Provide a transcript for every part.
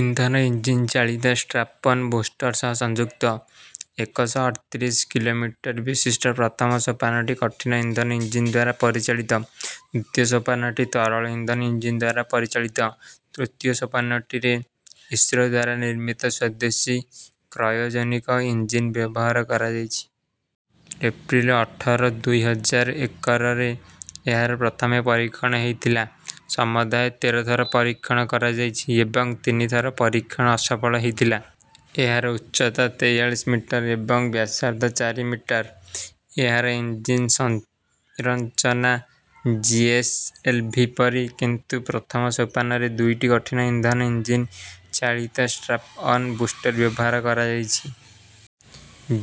ଇନ୍ଧନ ଇଞ୍ଜିନ୍ ଚାଳିତ strap on booster ସହ ସଂଯୁକ୍ତ। ଏକ ଶହ ଅଠତିରିଶ କିଲୋଗ୍ରାମ୍ ବିଶିଷ୍ଟ ପ୍ରଥମ ସୋପାନଟି କଠିନ ଇନ୍ଧନ ଇଞ୍ଜିନଦ୍ୱାରା ପରିଚାଳିତ। ଦ୍ଵିତୀୟ ସୋପାନଟି ତରଳ ଇନ୍ଧନ ଇଞ୍ଜିନଦ୍ୱାରା ପରିଚାଳିତ। ତୃତୀୟ ସୋପାନଟିରେ ଇସ୍ରୋ ଦ୍ୱାରା ନିର୍ମିତ ସ୍ୱଦେଶୀ କ୍ରାୟୋଜେନିକ ଇଞ୍ଜିନ୍ ବ୍ୟବହାର କରଯାଇଛି। ଏପ୍ରିଲ୍ ଅଠର ଦୁଇ ହଜାର ଏକରେ ଏହାର ପ୍ରଥମ ପରୀକ୍ଷଣ ହୋଇଥିଲା। ସମୁଦାୟ ତେର ଥର ପରୀକ୍ଷଣ କରାଯାଇଛି ଏବଂ ତିନି ଥର ପରିକ୍ଷଣ ଅସଫଳ ହୋଇଥିଲା। ଏହାର ଉଚ୍ଚତା ତେୟାଳିଶ ମିଟର ଏବଂ ବ୍ୟାସର୍ଦ୍ଧ ଚାରି ମିଟର। ଏହାର ଇଞ୍ଜିନ୍ ସଂରଚନା ଜିଏସଏଲଭି ପରି କିନ୍ତୁ ପ୍ରଥମ ସୋପନରେ ଦୁଇଟି କଠିନ ଇନ୍ଧନ ଇଞ୍ଜିନ୍ ଚାଳିତ ଷ୍ଟ୍ରାପ୍ଅନ ବୁଷ୍ଟର୍ ବ୍ୟବହାର କରାଯାଇଛି।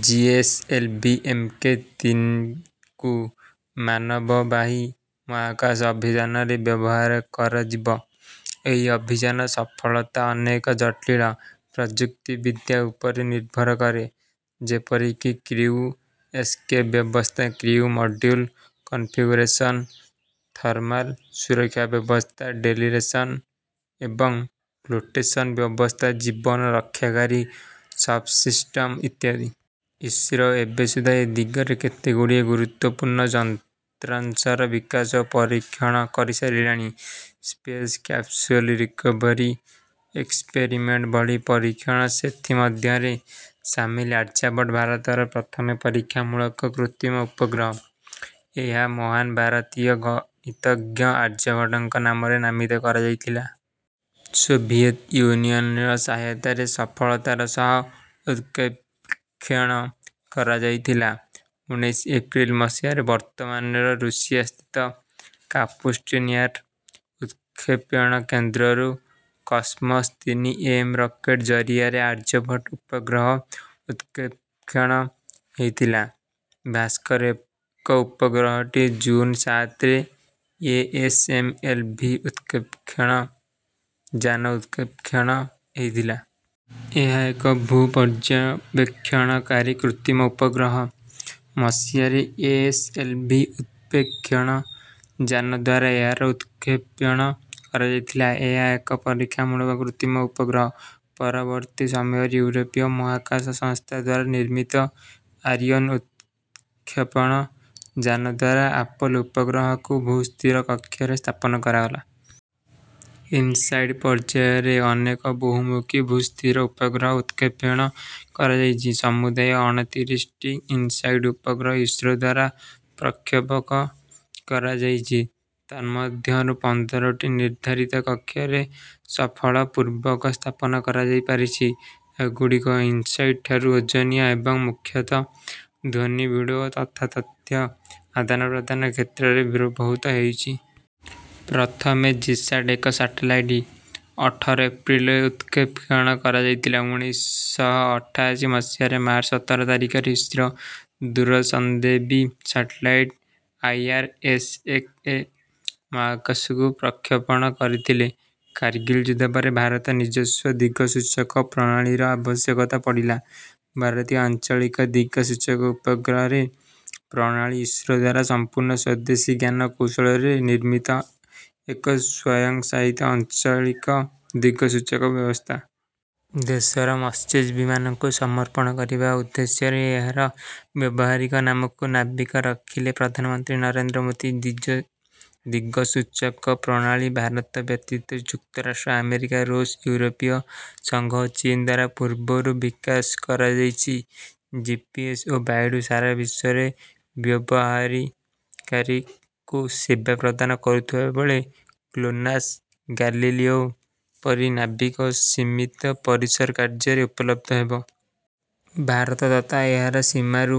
ଜିଏସଏଲଭି ଏମକେ ତିନି କୁ ମାନବବାହୀ ମହାକାଶ ଅଭିଯାନରେ ବ୍ୟବହାର କରଯିବ। ଏହି ଅଭିଯାନର ସଫଳତା ଅନେକ ଜଟିଳ ପ୍ରଯୁକ୍ତିବିଦ୍ୟା ଉପରେ ନିର୍ଭର କରେ। ଯେପରିକି କ୍ରିଉ ଏସକେପ୍ ବ୍ୟବସ୍ଥା, କ୍ରିଉ ମଡ୍ୟୁଲ କନଫିଗୁରେସନ୍, ଥର୍ମାଲ ସୁରକ୍ଷା ବ୍ୟବସ୍ଥା, ଡ଼େସିଲେରେସନ୍ ଏବଂ ଫ୍ଲୋଟେସନ୍ ବ୍ୟବସ୍ଥା ଜୀବନ ରକ୍ଷାକାରୀ ସବ୍‌ସିଷ୍ଟମ୍ ଇତ୍ୟାଦି। ଇସ୍ରୋ ଏବେ ସୁଦ୍ଧା ଏ ଦିଗରେ କେତେଗୁଡ଼ିଏ ଗୁରୁତ୍ୱପୂର୍ଣ୍ଣ ଯନ୍ତ୍ରାଂଶର ବିକାଶ ଓ ପରୀକ୍ଷଣ କରିସାରିଲଣି। ସ୍ପେସ୍ କ୍ୟାପସୁଲ୍ ରିକଭରୀ ଏକ୍ସପେରିମେଣ୍ଟ ଭଳି ପରୀକ୍ଷଣ ସେଥି ମଧ୍ୟରେ ସାମିଲ। ଆର୍ଯ୍ୟଭଟ୍ଟ ଭାରତର ପ୍ରଥମ ପରୀକ୍ଷାମୂଳକ କୃତ୍ରିମ ଉପଗ୍ରହ। ଏହା ମହାନ ଭାରତୀୟ ଗଣିତଜ୍ଞ ଆର୍ଯ୍ୟଭଟ୍ଟଙ୍କ ନାମରେ ନାମିତ କରାଯାଇଥିଲା। ସୋଭିଏତ ଯୁନିୟନର ସହାୟତାରେ ସଫଳତାର ସହ ଉତକ୍ଷେପଣ କରାଯାଇଥିଲା। ଉଣେଇଶ ଅପ୍ରେଲ ମସିହାରେ ବର୍ତ୍ତମାନର ରୁଷିଆସ୍ଥିତ କାପୁଷ୍ଟିନ୍ ୟାର ଉତକ୍ଷେପଣ କେନ୍ଦ୍ରରୁ କସ୍‌ମସ୍ ତିନି ଏମ ରକେଟ ଜରିଆରେ ଆର୍ଯ୍ୟଭଟ୍ଟ ଉପଗ୍ରହର ଉତକ୍ଷେପଣ ହେଇଥିଲା। ଭାସ୍କର ଏକ ଉପଗ୍ରହଟି ଜୁନ ସାତରେ ଏଏସଏଲଭି ଉତକ୍ଷେପଣଯାନ ଉତକ୍ଷେପଣ ହେଇଥିଲା। ଏହା ଏକ୍ ଭୂପର୍ଯ୍ୟବେକ୍ଷଣକାରୀ କୃତ୍ରିମ ଉପଗ୍ରହ। ମସିହାରେ ଏଏସଏଲଭି ଉତକ୍ଷେପଣଯାନ ଦ୍ୱାରା ଏହାର ଉତକ୍ଷେପଣ କରାଯାଇଥିଲା। ଏହା ଏକ ପରୀକ୍ଷାମୂଳକ କୃତ୍ରିମ ଉପଗ୍ରହ। ପରବର୍ତ୍ତୀ ସମୟରେ ୟୁରୋପୀୟ ମହାକାଶ ସଂସ୍ଥା ଦ୍ୱାରା ନିର୍ମିତ ଆରିଅନ୍ ଉତକ୍ଷେପଣ ଯାନ ଦ୍ୱାରା ଆପଲ୍ ଉପଗ୍ରହକୁ ଭୂସ୍ଥିର କକ୍ଷରେ ସ୍ଥାପନା କରଗଲା। ଇନସାଟ୍ ପର୍ଯ୍ୟାୟରେ ଅନେକ ବହୁମୂଖୀ ଭୂସ୍ଥିର ଉପଗ୍ରହ ଉତକ୍ଷେପଣ କରାଯାଇଛି। ସମୂଦାୟ ଅଣତିରିଶଟି ଇନସାଟ୍ ଉପଗ୍ରହ ଇସ୍ରୋ ଦ୍ୱାରା ପ୍ରକ୍ଷେପଣ କରାଯାଇଛି ତନ୍ମଧ୍ୟରୁ ପନ୍ଦରଟି ନିର୍ଦ୍ଧାରିତ କକ୍ଷରେ ସଫଳତା ପୂର୍ବକ ସ୍ଥାପନ କରାଯାଇପାରିଛି। ଏଗୁଡିକ ଇନସାଟ୍ ଠାରୁ ଓଜନିଆ ଏବଂ ମୂଖ୍ୟତଃ ଧ୍ୱନି ଭିଡିଓ ତଥା ତଥ୍ୟ ଆଦାନପ୍ରଦାନ କ୍ଷେତ୍ରରେ ବ୍ୟବହୃତ ହେଉଛି। ପ୍ରଥମ ଜିସାଟ୍ଏକ ସାଟେଲାଇଟ୍ ଅଠର ଅପ୍ରେଲ୍ ରେ ଉତକ୍ଷେପଣ କରାଯାଇଥିଲା। ଉଣେଇଶ ଶହ ଅଠାଅଶୀ ମସିହା ମାର୍ଚ୍ଚ ସତର ତାରିଖରେ ଇସ୍ରୋ ଦୂରସଂବେଦୀ ସାଟେଲାଇଟ୍ ଆଇଆରଏସ୍ଏକଏ ମହାକାଶକୁ ପ୍ରକ୍ଷେପଣ କରିଥିଲା। କାର୍ଗିଲ ଯୁଦ୍ଧ ପରେ ଭାରତ ନିଜସ୍ୱ ଦିଗସୂଚକ ପ୍ରଣାଳୀର ଆବଶ୍ୟକତା ପଡିଲା। ଭାରତୀୟ ଆଞ୍ଚଳିକ ଦିଗସୂଚକ ଉପଗ୍ରହ ପ୍ରଣାଳୀ ଇସ୍ରୋ ଦ୍ୱାରା ସମ୍ପୂର୍ଣ୍ଣ ସ୍ୱଦେଶୀ ଜ୍ଞାନ କୌଶଳରେ ନିର୍ମିତ ଏକ ସ୍ୱୟଂଶାସିତ ଆଞ୍ଚଳିକ ଦିଗସୂଚକ ବ୍ୟବସ୍ଥା। ଦେଶର ମତ୍ସ୍ୟଜୀବିମାନଙ୍କୁ ସମର୍ପଣ କରିବା ଉଦ୍ଦେଶ୍ୟରେ ଏହାର ବ୍ୟବହାରିକ ନାମକୁ ନାବିକ ରଖିଥିଲେ ପ୍ରଧାନମନ୍ତ୍ରୀ ନରେନ୍ଦ୍ର ମୋଦୀ। ଦିଗସୂଚକ ପ୍ରଣାଳୀ ଭାରତ ବ୍ୟତୀତ ଯୁକ୍ତରାଷ୍ଟ୍ର ଆମେରିକା ଋଷ୍ ଇଉରୋପୀୟ ସଂଘ ଓ ଚୀନ୍ ଦ୍ୱାରା ପୁର୍ବରୁ ବିକାଶ କରାଯାଇଛି। ଜିପିଏସ୍ ଓ ବାଇଡୁ ସାରା ବିଶ୍ୱରେ ବ୍ୟବହାରକାରୀଙ୍କୁ ସେବା ପ୍ରଦାନ କରୁଥିବାବେଳେ ଗ୍ଲୋନାସ୍ ଗାଲିଲିଓ ପରି ନାବିକ ର ସୀମିତ ପରିସର କାର୍ଯ୍ୟ ରେ ଉପଲବ୍ଧ ହେବ। ଭାରତ ତଥା ଏହାର ସୀମାରୁ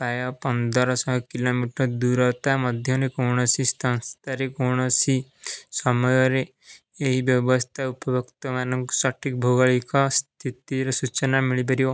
ପ୍ରାୟ ପନ୍ଦର ଶହ କିଲୋମିଟର ଦୂରତା ମଧ୍ୟରେ କୌଣସି ସ୍ଥାନରେ, କୌଣସି ସମୟରେ ଏହି ବ୍ୟବସ୍ଥାର ଉପଭୋକ୍ତାମାନଙ୍କୁ ସଠିକ୍ ଭୌଗୋଳିକ ସ୍ଥିତିର ସୂଚନା ମିଳିପାରିବ।